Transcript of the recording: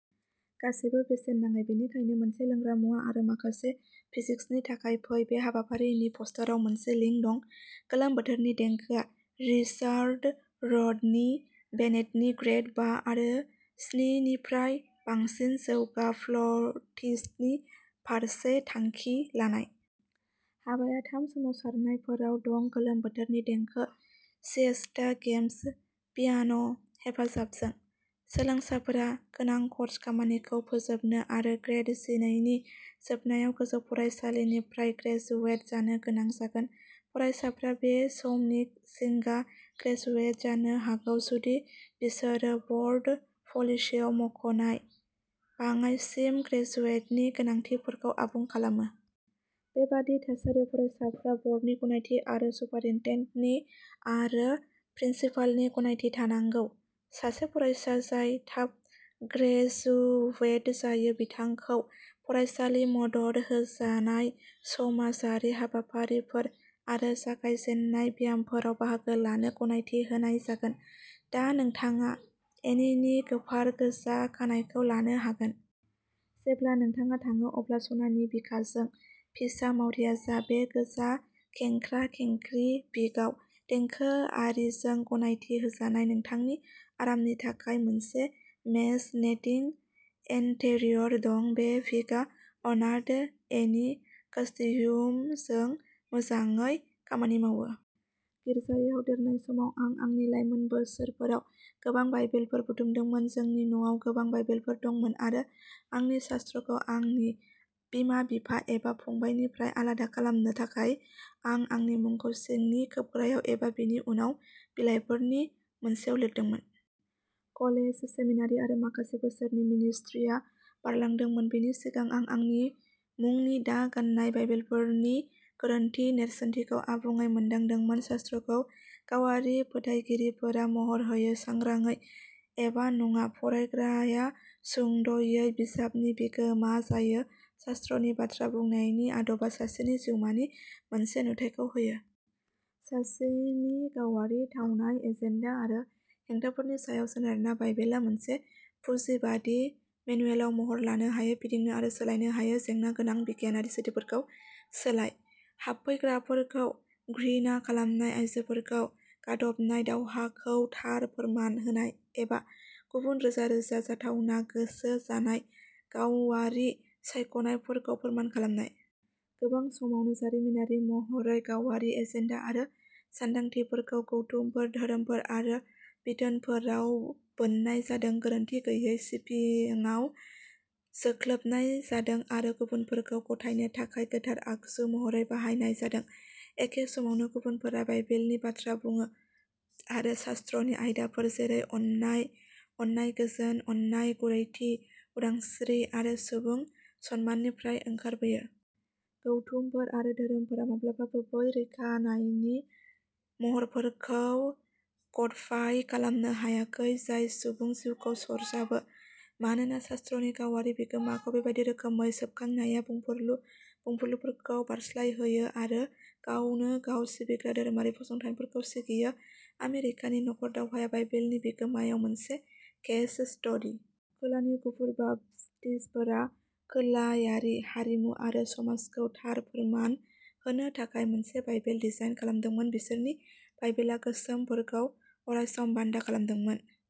गासैबो बेसेन नाङै। बेनिखायनो मोनसे लोंग्रा मुवा आरो माखासे फिजिक्सनि थाखाय फै। बे हाबाफारिनि पस्टाराव मोनसे लिंक दं। गोलोम बोथोरनि देंखोआ रिचार्ड रडनि बेनेटनि, ग्रेड बा आरो स्निनिफ्राय बांसिन जौगा फ्ल'टिस्टनि फारसे थांखि लानाय। हाबाया थाम सोमावसारनायफोराव दं गोलोम बोथोरनि देंखो, सिएस्टा, गेम्स। पियान' हेफाजाबजों। सोलोंसाफोरा गोनां कर्स खामानिखौ फोजोबनो आरो ग्रेड जिनैनि जोबनायाव गोजौ फरायसालिनिफ्राय ग्रेजुवेट जानो गोनां जागोन। फरायसाफ्रा बे समनि सिगां ग्रेजुवेट जानो हागौ जुदि बिसोरो बर्ड पलिसिआव मख'नाय बाङाइसिन ग्रेजुवेटनि गोनांथिफोरखौ आबुं खालामो। बेबादि थासारियाव, फरायसाफ्रा बर्डनि गनायथि आरो सुपारिनटेन्डेन्ट आरो प्रिन्सिपालनि गनायथि थानांगौ। सासे फरायसा जाय थाब ग्रेजुवेट जायो, बिथांखौ फरायसालि मदद होजानाय समाजारि हाबाफारिफोर आरो जागायजेननाय ब्यामफोराव बाहागो लानो गनायथि होनाय जागोन। दा नोंथाङा एनिनि गोफार गोजा खानाइखौ लानो हागोन! जेब्ला नोंथाङा थाङो अब्ला सनानि बिखाजों फिसा मावरिया जा। बे गोजा खेंख्रा खेंख्रि विगआव, देंखोआरिजों गनायथि होजानाय। नोंथांनि आरामनि थाखाय मोनसे मेश नेटिं इन्टेरियर दं। बे विगआ अनाथ एनि कस्ट्युमजों मोजाङै खामानि मावो। गिर्जायाव देरनाय समाव, आं आंनि लाइमोन बोसोरफोराव गोबां बाइबेलफोर बुथुमदोंमोन। जोंनि न'आव गोबां बाइबेलफोर दंमोन आरो आंनि शास्त्रखौ आंनि बिमा बिफा एबा फंबायनिफ्राय आलादा खालामनो थाखाय, आं आंनि मुंखौ सिंनि खोबग्रायाव एबा बेनि उनाव बिलाइफोरनि मोनसेयाव लिरदोंमोन। कलेज, सेमिनारि आरो माखासे बोसोरनि मिनिस्ट्रिया बारलांदोंमोन, बेनि सिगां आं आंनि मुंनि दा गान्नाय बाइबेलफोरनि गोरोन्थि नेरसोनथिखौ आबुङै मोनदांदोंमोन। शास्त्रखौ गावारि फोथायगिरिफोरा महर होयो, सांग्रांयै एबा नङा। फरायग्राया, सुंद'यै, बिजाबनि बिगोमा जायो। शास्त्रनि बाथ्रा बुंनायनि आदबा सासेनि जिउमानि मोनसे नुथायखौ होयो। सासेनि गावारि थावनाय, एजेन्डा आरो हेंथाफोरनि सायाव सोनारना, बाइबेला मोनसे पुजिबादि मेनुएलआव महर लानो हायो, फिदिंनो आरो सोलायनो हायो। जेंना गोनां बिगियानारि सैथोफोरखौ सोलाय, हाबफैग्राफोरखौ घृणा खालामनाय, आयजोफोरखौ गादबनाय, दावहाखौ थार फोरमान होनाय एबा गुबुन रोजा रोजा जाथावना गोसो जानाय गावारि सायख'नायफोरखौ फोरमान खालामनाय। गोबां समावनो, जारिमिनारि महरै, गावारि एजेन्डा आरो सानदांथिफोरखौ गौथुमफोर, धोरोमफोर आरो बिथोनफोराव बोननाय जादों, गोरोन्थि गैयै सिफिङाव जोख्लोबनाय जादों आरो गुबुनफोरखौ गथायनो थाखाय गोथार आगजु महरै बाहायनाय जादों। एखे समावनो, गुबुनफोरा बाइबेलनि बाथ्रा बुङो आरो शास्त्रनि आयदाफोर जेरै अननाय, अननाय, गोजोन, अननाय, गुरैथि, उदांस्रि आरो सुबुं सनमाननिफ्राय ओंखारबोयो। गौथुमफोर आरो धोरोमफोरा माब्लाबाबो बै रैखानायनि महरफोरखौ कडफाइ खालामनो हायाखै जाय सुबुं जिउखौ सरजाबो, मानोना शास्त्रनि गावारि बिगोमाखौ बेबादि रोखोमै सोबखांनाया बुंफुरलु बुंफुरलुफोरखौ बारस्लायहोयो आरो गावनो गाव सिबिग्रा धोरोमारि फसंथानफोरखौ सिगियो। आमेरिकानि नखर दावहाया बाइबेलनि बिगोमायाव मोनसे केस स्टडि। खोलानि गुफुर बाप्तिस्तफोरा खोलायारि हारिमु आरो समाजखौ थार फोरमान होनो थाखाय मोनसे बाइबेल डिजाइन खालामदोंमोन बिसोरनि बाइबेला गोसोमफोरखौ अरायसम बान्दा खालामदोंमोन।